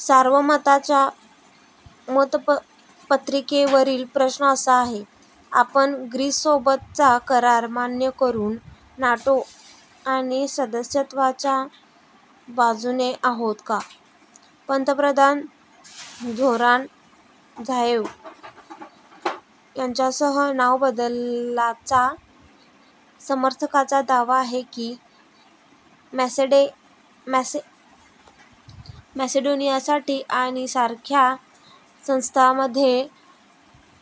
सार्वमताच्या मतपत्रिकेवरील प्रश्न असा आहे: "आपण ग्रीससोबतचा करार मान्य करुन नाटो आणि सदस्यत्वाच्या बाजूने आहात का. " पंतप्रधान झोरान झाएव यांच्यासह, नाव बदलाच्या समर्थकांचा दावा आहे की मॅसेडोनियासाठी आणि सारख्या संस्थांमध्ये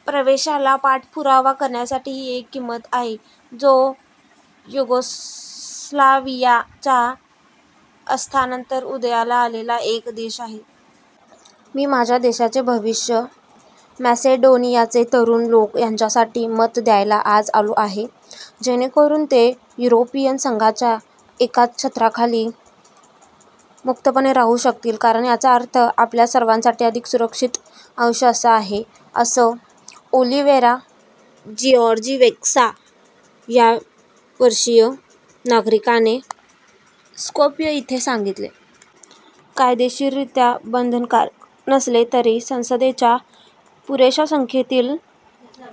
प्रवेशाचा पाठपुरावा करण्यासाठी ही एक किंमत आहे, जो युगोस्लावियाच्या अस्तानंतर उदयाला आलेला एक देश आहे. मी माझ्या देशाचे भविष्य, मॅसेडोनियाचे तरुण लोक यांच्यासाठी मत द्यायला आज आलो आहे, जेणेकरुन ते युरोपिय संघाच्या एकाच छत्राखाली मुक्तपणे राहू शकतील कारण याचा अर्थ आपल्या सर्वांसाठी अधिक सुरक्षित आयुष्य असा आहे," असं ओलिवेरा जिऑर्जीवेस्का या वर्षीय नागरिकाने स्कोप्यं इथे सांगितले. कायदेशीररित्या बंधनकारक नसले तरी, संसदेच्या पुरेशा संख्येतील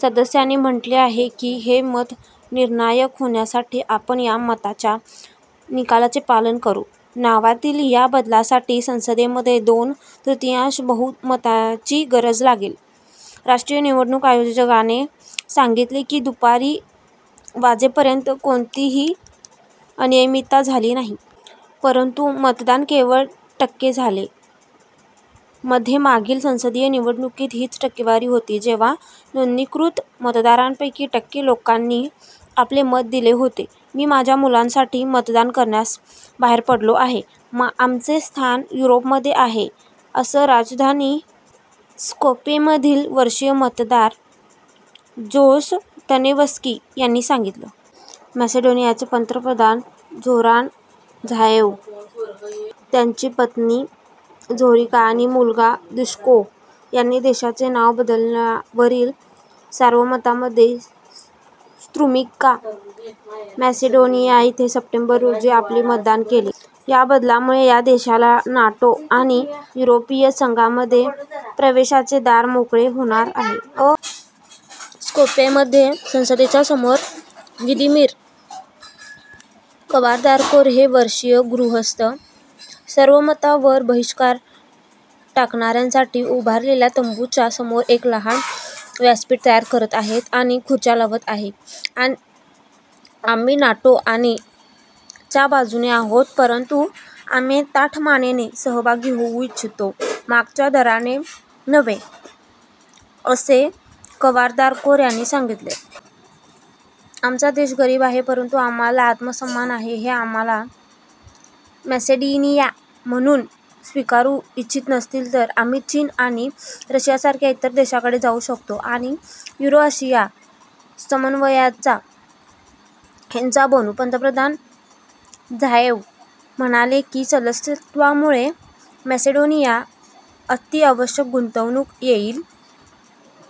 सदस्यांनी म्हटले आहे की हे मत निर्णायक होण्यासाठी आपण या मताच्या निकालाचे पालन करु. नावातील या बदलासाठी संसदेमध्ये दोन-तृतियांश बहुमताची गरज लागेल. राष्ट्रीय निवडणूक आयोगाने सांगितले की दुपारी वाजेपर्यंत कोणतीही अनियमितता झाली नाही. परंतु, मतदान केवळ टक्के झाले, मध्ये मागील संसदीय निवडणुकीत हीच टक्केवारी होती जेव्हा नोंदणीकृत मतदारांपैकी टक्के लोकांनी आपले मत दिले होते. मी माझ्या मुलांसाठी मतदान करण्यास बाहेर पडलो आहे, आमचे स्थान युरोपमध्ये आहे," असं राजधानी, स्कोप्येमधील वर्षीय मतदार, जोस तानेवस्की यांनी सांगितलं. मॅसेडोनियाचे पंतप्रधान झोरान झाएव, त्यांची पत्नी झोरिका आणि मुलगा दुश्को यांनी देशाचे नाव बदलण्यावरील सार्वमतामध्ये स्त्रुमिका, मॅसेडोनिया इथे सप्टेंबर, रोजी आपले मतदान केले. या बदलामुळे या देशाला नाटो आणि युरोपिय संघामध्ये प्रवेशाचे दार मोकळे होणार आहे. स्कोप्येमध्ये संसदेच्या समोर, व्लादीमिर कवारदारकोव हे वर्षीय गृहस्थ, सार्वमतावर बहिष्कार टाकणाऱ्यांसाठी उभारलेल्या तंबूंच्या समोर एक लहान व्यासपीठ तयार करत आहेत आणि खुर्च्या लावत आहेत. आम्ही नाटो आणि च्या बाजूने आहोत, परंतु, आम्ही ताठ मानेने सहभागी होऊ इच्छितो, मागच्या दाराने नव्हे," असे कवारदारकोव यांनी सांगितले. आमचा देश गरीब आहे, परंतु आम्हाला आत्मसन्मान आहे. ते आम्हाला मॅसेडोनिया म्हणून स्विकारु इच्छित नसतील तर, आम्ही चीन आणि रशियासारख्या इतर देशांकडे जाऊ शकतो आणि युरो-आशिया समन्वयाचा हिस्सा बनू. " पंतप्रधान झाएव म्हणाले की सदस्यत्वामुळे मॅसेडोनियात अति आवश्यक गुंतवणूक येईल,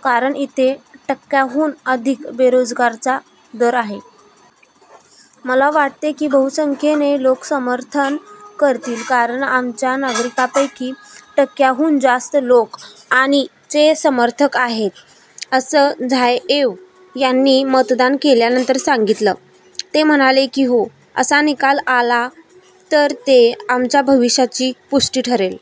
कारण इथे टक्क्यांहून अधिक बेरोजगारीचा दर आहे. "मला वाटते की बहुसंख्येने लोक समर्थन करतील कारण आमच्या नागरिकांपैकी टक्क्यांहून जास्त लोक आणि चे समर्थक आहेत," असं झाएव यांनी मतदान केल्यानंतर सांगितलं. ते म्हणाले की "हो" असा निकाल आला तर ते "आमच्या भविष्याची पुष्टि" ठरेल.